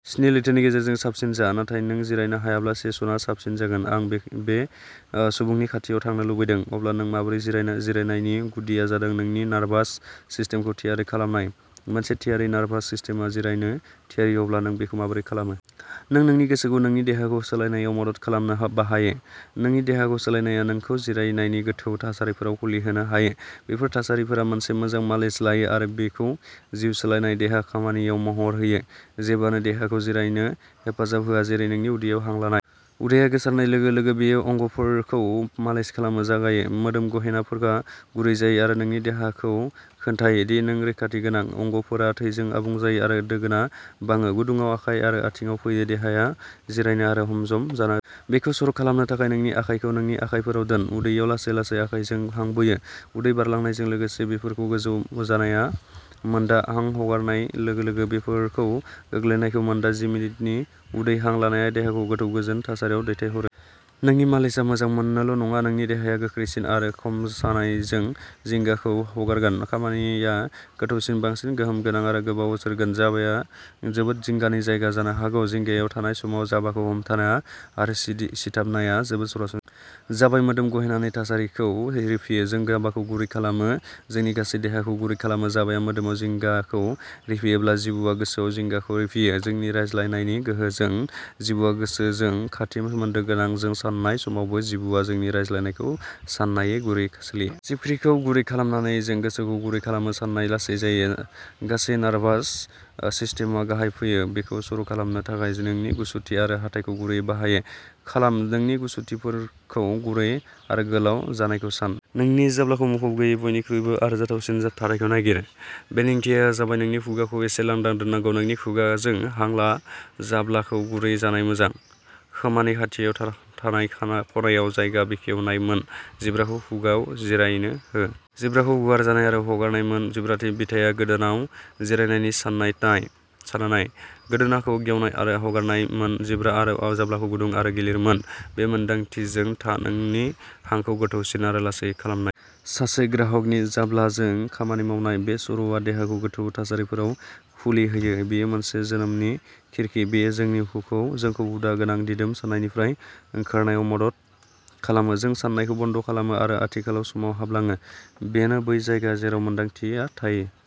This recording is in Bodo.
स्नि लैथोनि गेजेरजों साबसिन जा, नाथाय नों जिरायनो हायाब्ला, सेसनआ साबसिन जागोन। आं बै बे ओ सुबुंनि खाथियाव थांनो लुबैदों! अब्ला नों माबोरै जिरायनाय जिरायनो? जिरायनायनि गुदिया जादों नोंनि नार्भास सिस्टेमखौ थियारि खालामनाय। मोनसे थियारि नार्भास सिस्टेमआ जिरायनो थियारि अब्ला नों बेखौ माबोरै खालामो? नों नोंनि गोसोखौ नोंनि देहाखौ सोलायनायाव मदद खालामनो बाहायो। नोंनि देहाखौ सोलायनाया नोंखौ जिरायनायनि गोथौ थासारिफोराव खुलिहोनो हायो। बेफोर थासारिफोरा मोनसे मोजां मालिस लायो आरो बेखौ जिउ सोलायनाय देहा खामानिआव महर होयो। जेबोआनो देहाखौ जिरायनो हेफाजाब होआ जेरै नोंनि उदैयाव हां लानाय। उदैया गोसारनाय लोगो-लोगो बेयो अंगफोरखौ मालिस खालामनो जागायो। मोदोम-गेहेनफोरा गुरै जायो आरो नोंनि देहाखौ खोन्थायो दि नों रैखाथि गोनां। अंगफोरा थैजों आबुं जायो आरो दोगोनआ बाङो। गुदुंआ आखाइ आरो आथिंआव फैयो। देहाया जिरायनो आरो हजम जानो। बेखौ सर' खालामनो थाखाय, नोंनि आखाइखौ नोंनि आखायफोराव दोन। उदैयाव लासै-लासै आखाइजों हां बोयो। उदै बारलांनायजों लोगोसे बेफोरखौ गोजौ जानाय मोनदा। हां हगारनाय लोगो-लोगो बेफोरखौ गोग्लैनायखौ मोनदा। जि मिनिटनि उदै हां लानाया देहाखौ गोथौ गोजोन थासारियाव दैथायहरो। नोंनि मालिसआ मोजां मोननोल' नङा, नोंनि देहाया गोख्रैसिन आरो खम सानायजों जिंगाखौ हगारगोन। खामानिया गोथौसिन, बांसिन गोहोम गोनां आरो गोबाव जोरगोन। जाबाया जोबोद जिंगानि जायगा जानो हागौ। जिंगायाव थानाय समाव, जाबाखौ हमथाना आरो सिदि सिथाबनाया जोबोद सरासनस्रा। जाबाया मोदोम गेहेननि थासारिखौ रिफियो। जों जाबाखौ गुरै खालामोब्ला जों गासै देहाखौ गुरै खालामो। जाबाया मोदोमाव जिंगाखौ रिफियोब्ला, जिबुआ गोसोआव जिंगाखौ रिफियो। जोंनि रायज्लायनायनि गोहोजों, जिबुआ गोसोजों खाथि सोमोन्दो गोनां। जों सान्नाय समावबो, जिबुआ जोंनि रायज्लायनायखौ सान्नानै गुरैयै सोलियो। जिबख्रिखौ गुरै खालामनानै, जों गोसोखौ गुरै खालामो। साननाय लासै जायो। गासै नार्भास ओ सिस्टेमआ गाहायाव फैयो। बेखौ सर' खालामनो थाखाय, नोंनि गुसथि आरो हाथाइखौ गुरैयै बाहागो खालाम। नोंनि गुसथिफोरखौ गुरै आरो गोलाव जानायखौ सान। नोंनि जाब्लाखौ मुखुब गैयै बयनिख्रुइ आरजाथावसिन थाथायखौ नागिर। बेनि ओंथिया जाबाय नोंनि खुगाखौ एसे लांदां दोननांगौ। नोंनि खुगाजों हां ला। जाब्लाखौ गुरै जानाय मोन। खोमानि खाथियाव थानाय खनायाव जायगा बेखेवनाय मोन। जिब्राखौ खुगाआव जिरायनो हो। जिब्राखौ गुवार जानाय आरो हगारनाय मोन। जिब्रानि बिथाया गोदोनाआव जिरायनायनि साननानाय सानना नाय। गोदोनाखौ गेवनाय आरो हगारनाय मोन। जिब्रा आरो जाब्लाखौ गुदुं आरो गिलिर मोन। बे मोनदांथिजों था, नोंनि हांखौ गोथौसिन आरो लासै खालामनाय। सासे ग्राहकनि जाब्लाजों खामानि मावनाय। बे सर'आ देहाखौ गोथौ थासारिफोराव खुलि होयो। बेयो मोनसे जोनोमनि खिरखि। बेयो जोंखौ हुदा गोनां, दिदोम साननायनिफ्राय ओंखारनायाव मदद खालामो। जों सान्नायखौ बन्द'खालामो आरो आथिखालनि समाव हाबलाङो। बेनो बै जायगा जेराव मोन्दांथिया थायो।